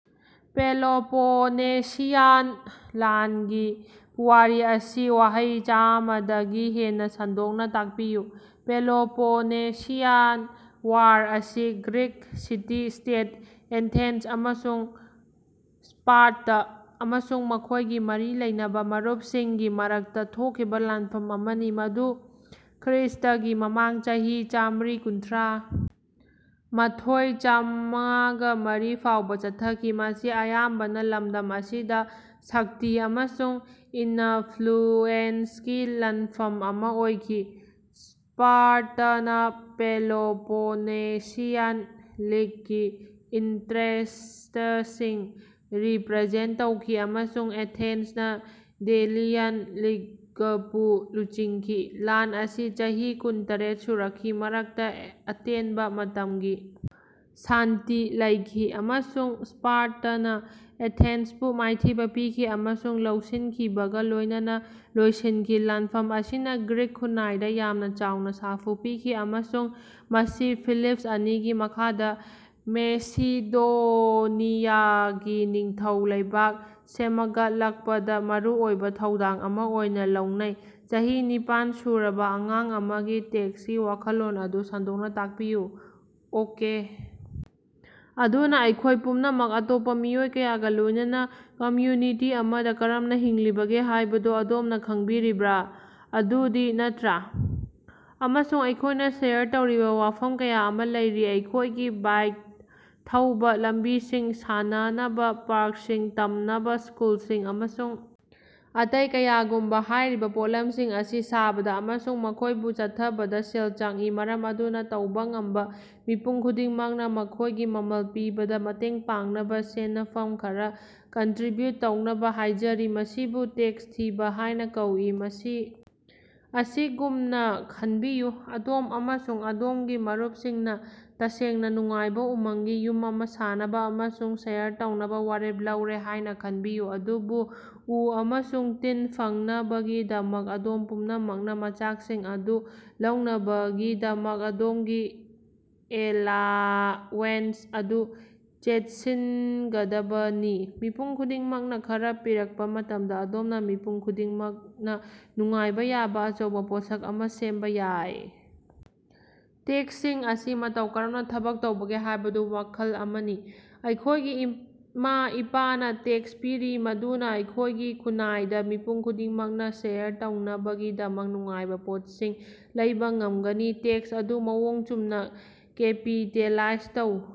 Peloponnesian ꯂꯥꯟꯒꯤ ꯄꯨꯋꯥꯔꯤ ꯑꯁꯤ ꯋꯥꯍꯩ ꯆꯥꯃ ꯗꯒꯤ ꯍꯦꯟꯅ ꯁꯟꯗꯣꯛꯅ ꯇꯥꯛꯄꯤꯌꯨ꯫ ꯄꯦꯂꯣꯄꯣꯅꯦꯁꯤꯌꯥꯟ ꯋꯥꯔ ꯑꯁꯤ ꯒ꯭ꯔꯤꯛ ꯁꯤꯇꯤ-ꯁ꯭ꯇꯦꯠ ꯑꯦꯊꯦꯟꯁ ꯑꯃꯁꯨꯡ ꯁ꯭ꯄꯥꯔꯇꯥ, ꯑꯃꯁꯨꯡ ꯃꯈꯣꯏꯒꯤ ꯃꯔꯤ ꯂꯩꯅꯕ ꯃꯔꯨꯞꯁꯤꯡꯒꯤ ꯃꯔꯛꯇ ꯊꯣꯛꯈꯤꯕ ꯂꯥꯟꯐꯝ ꯑꯃꯅꯤ, ꯃꯗꯨ ꯈ꯭ꯔ꯭ꯏꯁ꯭ꯇꯒꯤ ꯃꯃꯥꯡ ꯆꯍꯤ ꯆꯥꯃ꯭ꯔꯤ ꯀꯨꯟꯊ꯭ꯔ ꯃꯊꯣꯏ-ꯆꯃ꯭ꯔꯒ ꯃꯔꯤ ꯐꯥꯎꯕ ꯆꯠꯊꯈꯤ꯫ ꯃꯁꯤ ꯑꯌꯥꯝꯕꯅ ꯂꯝꯗꯝ ꯑꯁꯤꯗ ꯁꯛꯇꯤ ꯑꯃꯁꯨꯡ ꯏꯅꯐ꯭ꯂꯨꯑꯦꯟꯁꯀꯤ ꯂꯥꯟꯐꯝ ꯑꯃ ꯑꯣꯏꯈꯤ, ꯁ꯭ꯄꯥꯔꯇꯅ ꯄꯦꯂꯣꯄꯣꯅꯦꯁꯤꯌꯥꯟ ꯂꯤꯒꯀꯤ ꯏꯟꯇꯔꯦꯁ꯭ꯇꯁꯤꯡ ꯔꯤꯄ꯭ꯔꯖꯦꯟꯠ ꯇꯧꯈꯤ ꯑꯃꯁꯨꯡ ꯑꯦꯊꯦꯟꯁꯅ ꯗꯦꯂꯤꯌꯟ ꯂꯤꯒꯄꯨ ꯂꯨꯆꯤꯡꯈꯤ꯫ ꯂꯥꯟ ꯑꯁꯤ ꯆꯍꯤ ꯀꯨꯟꯇꯔꯦꯠ ꯁꯨꯔꯛꯈꯤ, ꯃꯔꯛꯇ ꯑꯇꯦꯟꯕ ꯃꯇꯝꯒꯤ ꯁꯥꯟꯇꯤ ꯂꯩꯈꯤ, ꯑꯃꯁꯨꯡ ꯁ꯭ꯄꯥꯔꯇꯅ ꯑꯦꯊꯦꯟꯁꯄꯨ ꯃꯥꯏꯊꯤꯕ ꯄꯤꯈꯤ ꯑꯃꯁꯨꯡ ꯂꯧꯁꯤꯟꯈꯤꯕꯒ ꯂꯣꯏꯅꯅ ꯂꯣꯏꯁꯤꯟꯈꯤ꯫ ꯂꯥꯟꯐꯝ ꯑꯁꯤꯅ ꯒ꯭ꯔꯤꯛ ꯈꯨꯟꯅꯥꯏꯗ ꯌꯥꯝꯅ ꯆꯥꯎꯅ ꯁꯥꯐꯨ ꯄꯤꯈꯤ ꯑꯃꯁꯨꯡ ꯃꯁꯤ ꯐꯤꯂꯤꯞ ꯑꯅꯤꯒꯤ ꯃꯈꯥꯗ ꯃꯦꯁꯤꯗꯣꯅꯤꯌꯥꯒꯤ ꯅꯤꯡꯊꯧ ꯂꯩꯕꯥꯛ ꯁꯦꯃꯒꯠꯂꯛꯄꯗꯥ ꯃꯔꯨꯑꯣꯏꯕ ꯊꯧꯗꯣꯛ ꯑꯃꯥ ꯑꯣꯏꯅ ꯂꯧꯅꯩ꯫ ꯆꯍꯤ ꯅꯤꯄꯥꯜ ꯁꯨꯔꯕ ꯑꯉꯥꯡ ꯑꯃꯒꯤ ꯇꯦꯛꯁꯀꯤ ꯋꯥꯈꯜꯂꯣꯟ ꯑꯗꯨ ꯁꯟꯗꯣꯛꯅ ꯇꯥꯛꯄꯤꯌꯨ꯫ ꯑꯣꯀꯦ! ꯑꯗꯨꯅꯥ, ꯑꯩꯈꯣꯏ ꯄꯨꯝꯅꯃꯛ ꯑꯇꯣꯞꯄ ꯃꯤꯑꯣꯏ ꯀꯌꯥꯒ ꯂꯣꯏꯅꯅ ꯀꯝꯌꯨꯅꯤꯇꯤ ꯑꯃꯗ ꯀꯔꯝꯅ ꯍꯤꯡꯂꯤꯕꯒꯦ ꯍꯥꯌꯕꯗꯨ ꯑꯗꯣꯝꯅ ꯈꯪꯕꯤꯔꯤꯕ ꯑꯗꯨꯅꯤ, ꯅꯠꯇ꯭ꯔꯥ? ꯑꯃꯁꯨꯡ ꯑꯩꯈꯣꯏꯅ ꯁꯦꯌꯔ ꯇꯧꯔꯤꯕ ꯋꯥꯐꯝ ꯀꯌꯥ ꯑꯃ ꯂꯩꯔꯤ ꯑꯩꯈꯣꯏꯒꯤ ꯕꯥꯏꯛ ꯊꯧꯕ ꯂꯝꯕꯤꯁꯤꯡ, ꯁꯥꯟꯅꯅꯕ ꯄꯥ꯭ꯔꯛꯁꯤꯡ, ꯇꯝꯅꯕ ꯁ꯭ꯀꯨꯂꯁꯤꯡ ꯑꯃꯁꯨꯡ ꯑꯇꯩ ꯀꯌꯥꯒꯨꯝꯕꯥ꯫ ꯍꯥꯏꯔꯤꯕ ꯄꯣꯠꯂꯝꯁꯤꯡ ꯑꯁꯤ ꯁꯥꯕꯗ ꯑꯃꯁꯨꯡ ꯃꯈꯣꯏꯕꯨ ꯆꯠꯊꯕꯗ ꯁꯦꯜ ꯆꯪꯏ, ꯃꯔꯝ ꯑꯗꯨꯅ ꯇꯧꯕ ꯉꯝꯕꯥ ꯃꯤꯄꯨꯝ ꯈꯨꯗꯤꯡꯃꯛꯅ, ꯃꯈꯣꯏꯒꯤ ꯃꯃꯜ ꯄꯤꯕꯗ ꯃꯇꯦꯡ ꯄꯥꯡꯅꯕ ꯁꯦꯅꯐꯝ ꯈꯔ ꯀꯟꯇ꯭ꯔꯤꯕ꯭ꯌꯨꯠ ꯇꯧꯅꯕ ꯍꯥꯏꯖꯔꯤ꯫ ꯃꯁꯤꯕꯨ ꯇꯦꯛꯁ ꯊꯤꯕ ꯍꯥꯏꯅꯥ ꯀꯧꯏ꯫ ꯃꯁꯤ ꯑꯁꯤꯒꯨꯝꯅ ꯈꯟꯕꯤꯌꯨ ꯑꯗꯣꯝ ꯑꯃꯁꯨꯡ ꯑꯗꯣꯝꯒꯤ ꯃꯔꯨꯞꯁꯤꯡꯅ ꯇꯁꯦꯡꯅ ꯅꯨꯡꯉꯥꯏꯕ ꯎꯃꯪꯒꯤ ꯌꯨꯝ ꯑꯃ ꯁꯥꯅꯕ ꯑꯃꯁꯨꯡ ꯁꯦꯌꯔ ꯇꯧꯅꯕ ꯋꯥꯔꯦꯞ ꯂꯧꯔꯦ ꯍꯥꯏꯅ ꯈꯟꯕꯤꯌꯨ꯫ ꯑꯗꯨꯕꯨ, ꯎ ꯑꯃꯁꯨꯡ ꯇꯤꯟ ꯐꯪꯅꯕꯒꯤꯗꯃꯛ, ꯑꯗꯣꯝ ꯄꯨꯝꯅꯃꯛꯅ ꯃꯆꯥꯛꯁꯤꯡ ꯑꯗꯨ ꯂꯧꯅꯕꯒꯤꯗꯃꯛ ꯑꯗꯣꯝꯒꯤ ꯑꯦꯂꯥꯋꯦꯟꯁ ꯑꯗꯨ ꯆꯦꯠꯁꯤꯒꯗꯕꯅꯤ꯫ ꯃꯤꯄꯨꯝ ꯈꯨꯗꯤꯡꯃꯛꯅ ꯈꯔ ꯄꯤꯔꯛꯄ ꯃꯇꯝꯗ, ꯑꯗꯣꯝꯅ ꯃꯤꯄꯨꯝ ꯈꯨꯗꯤꯡꯃꯛꯅ ꯅꯨꯡꯉꯥꯏꯕ ꯌꯥꯕ ꯑꯆꯧꯕ ꯄꯣꯠꯁꯛ ꯑꯃ ꯁꯦꯝꯕ ꯌꯥꯏ! ꯇꯦꯛꯁꯁꯤꯡ ꯑꯁꯤ ꯃꯇꯧ ꯀꯔꯝꯅ ꯊꯕꯛ ꯇꯧꯕꯒꯦ ꯍꯥꯏꯕꯗꯨ ꯃꯈꯜ ꯑꯃꯅꯤ꯫ ꯑꯩꯈꯣꯏꯒꯤ ꯏꯃꯥ-ꯏꯄꯥꯅ ꯇꯦꯛꯁ ꯄꯤꯔꯤ ꯃꯗꯨꯅ ꯑꯩꯈꯣꯏꯒꯤ ꯈꯨꯟꯅꯥꯏꯗ ꯃꯤꯄꯨꯝ ꯈꯨꯗꯤꯡꯃꯛꯅ ꯁꯦꯌꯔ ꯇꯧꯅꯕꯒꯤꯗꯃꯛ ꯅꯨꯡꯉꯥꯏꯕ ꯄꯣꯠꯁꯤꯡ ꯂꯩꯕ ꯉꯝꯒꯅꯤ꯫ ꯇꯦꯛꯁ ꯑꯗꯨ ꯃꯑꯣꯡ ꯆꯨꯝꯅ ꯀꯦꯄꯤꯇꯦꯂꯥꯏꯖ ꯇꯧ꯫